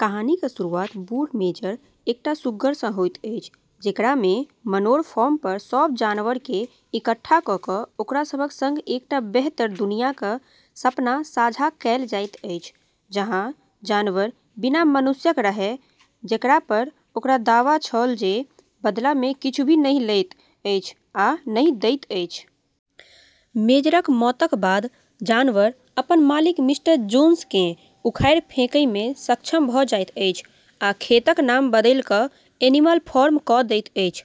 कहानीक शुरुआत बूढ़ मेजर, एकटा सुग्गर सँ होइत अछि, जेकरा मे मनोर फार्म पर सभ जानवर केँ इकट्ठा कऽ कऽ ओकरा सभक सँग एकटा बेहतर दुनियाक सपना साझा कएल जाइत अछि, जहाँ जानवर बिना मनुष्यक रहए, जेकरा पर ओकर दावा छल जे बदला मे किछु भी नहि लैत अछि आ नहि दैत अछि। मेजरक मौतक बाद जानवर अपन मालिक मिस्टर जोन्स केँ उखाड़ि फेंकै मे सक्षम भऽ जाइत अछि आ खेतक नाम बदलि कऽ एनिमल फार्म कऽ दैत अछि।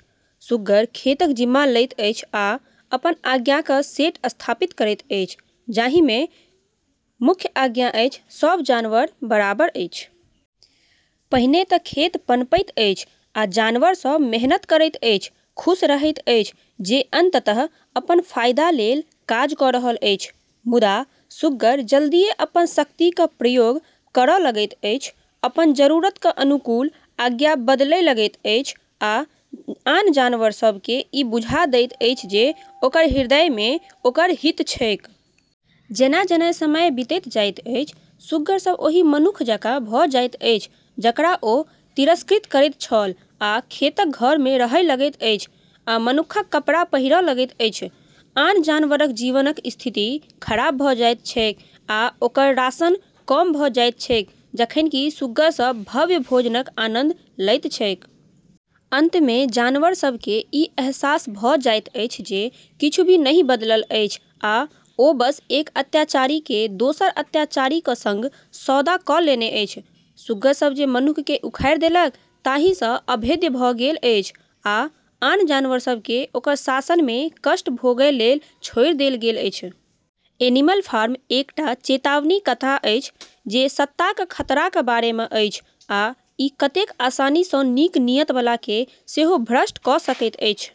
सुग्गर खेतक जिम्मा लैत अछि आ अपन आज्ञाक सेट स्थापित करैत अछि, जाहि मे मुख्य आज्ञा अछि, "सभ जानवर बराबर अछि"। पहिने तँ खेत पनपैत अछि, आ जानवर सभ मेहनत करैत अछि, खुश रहैत अछि जे अंततः अपन फायदा लेल काज कऽ रहल अछि। मुदा, सुग्गर जल्दिये अपन शक्तिक प्रयोग करय लगैत अछि, अपन जरूरतक अनुकूल आज्ञा बदलय लगैत अछि आ आन जानवर सभ केँ ई बुझा दैत अछि जे ओकर हृदय मे ओकर हित छैक। जेना-जेना समय बीतैत जाइत अछि, सुग्गर सभ ओहि मनुक्ख जकाँ भऽ जाइत अछि जकरा ओ तिरस्कृत करैत छल आ खेतक घर मे रहय लगैत अछि आ मनुक्खक कपड़ा पहिरय लगैत अछि। आन जानवरक जीवनक स्थिति खराब भऽ जाइत छैक, आ ओकर राशन कम भऽ जाइत छैक जखन कि सुग्गर सभ भव्य भोजनक आनंद लैत छैक। अंत मे जानवर सभ केँ ई अहसास भऽ जाइत अछि जे किछु भी नहि बदलल अछि आ ओ बस एक अत्याचारी केँ दोसर अत्याचारीक सँग सौदा कऽ लेने अछि। सुग्गर सभ जे मनुक्ख केँ उखाड़ि देलक ताहि सँ अभेद्य भऽ गेल अछि, आ आन जानवर सभ केँ ओकर शासन मे कष्ट भोगय लेल छोड़ि देल गेल अछि। एनिमल फार्म एकटा चेतावनी कथा अछि जे सत्ताक खतराक बारे मे अछि आ ई कतेक आसानी सँ नीक नीयत बला केँ सेहो भ्रष्ट कऽ सकैत अछि।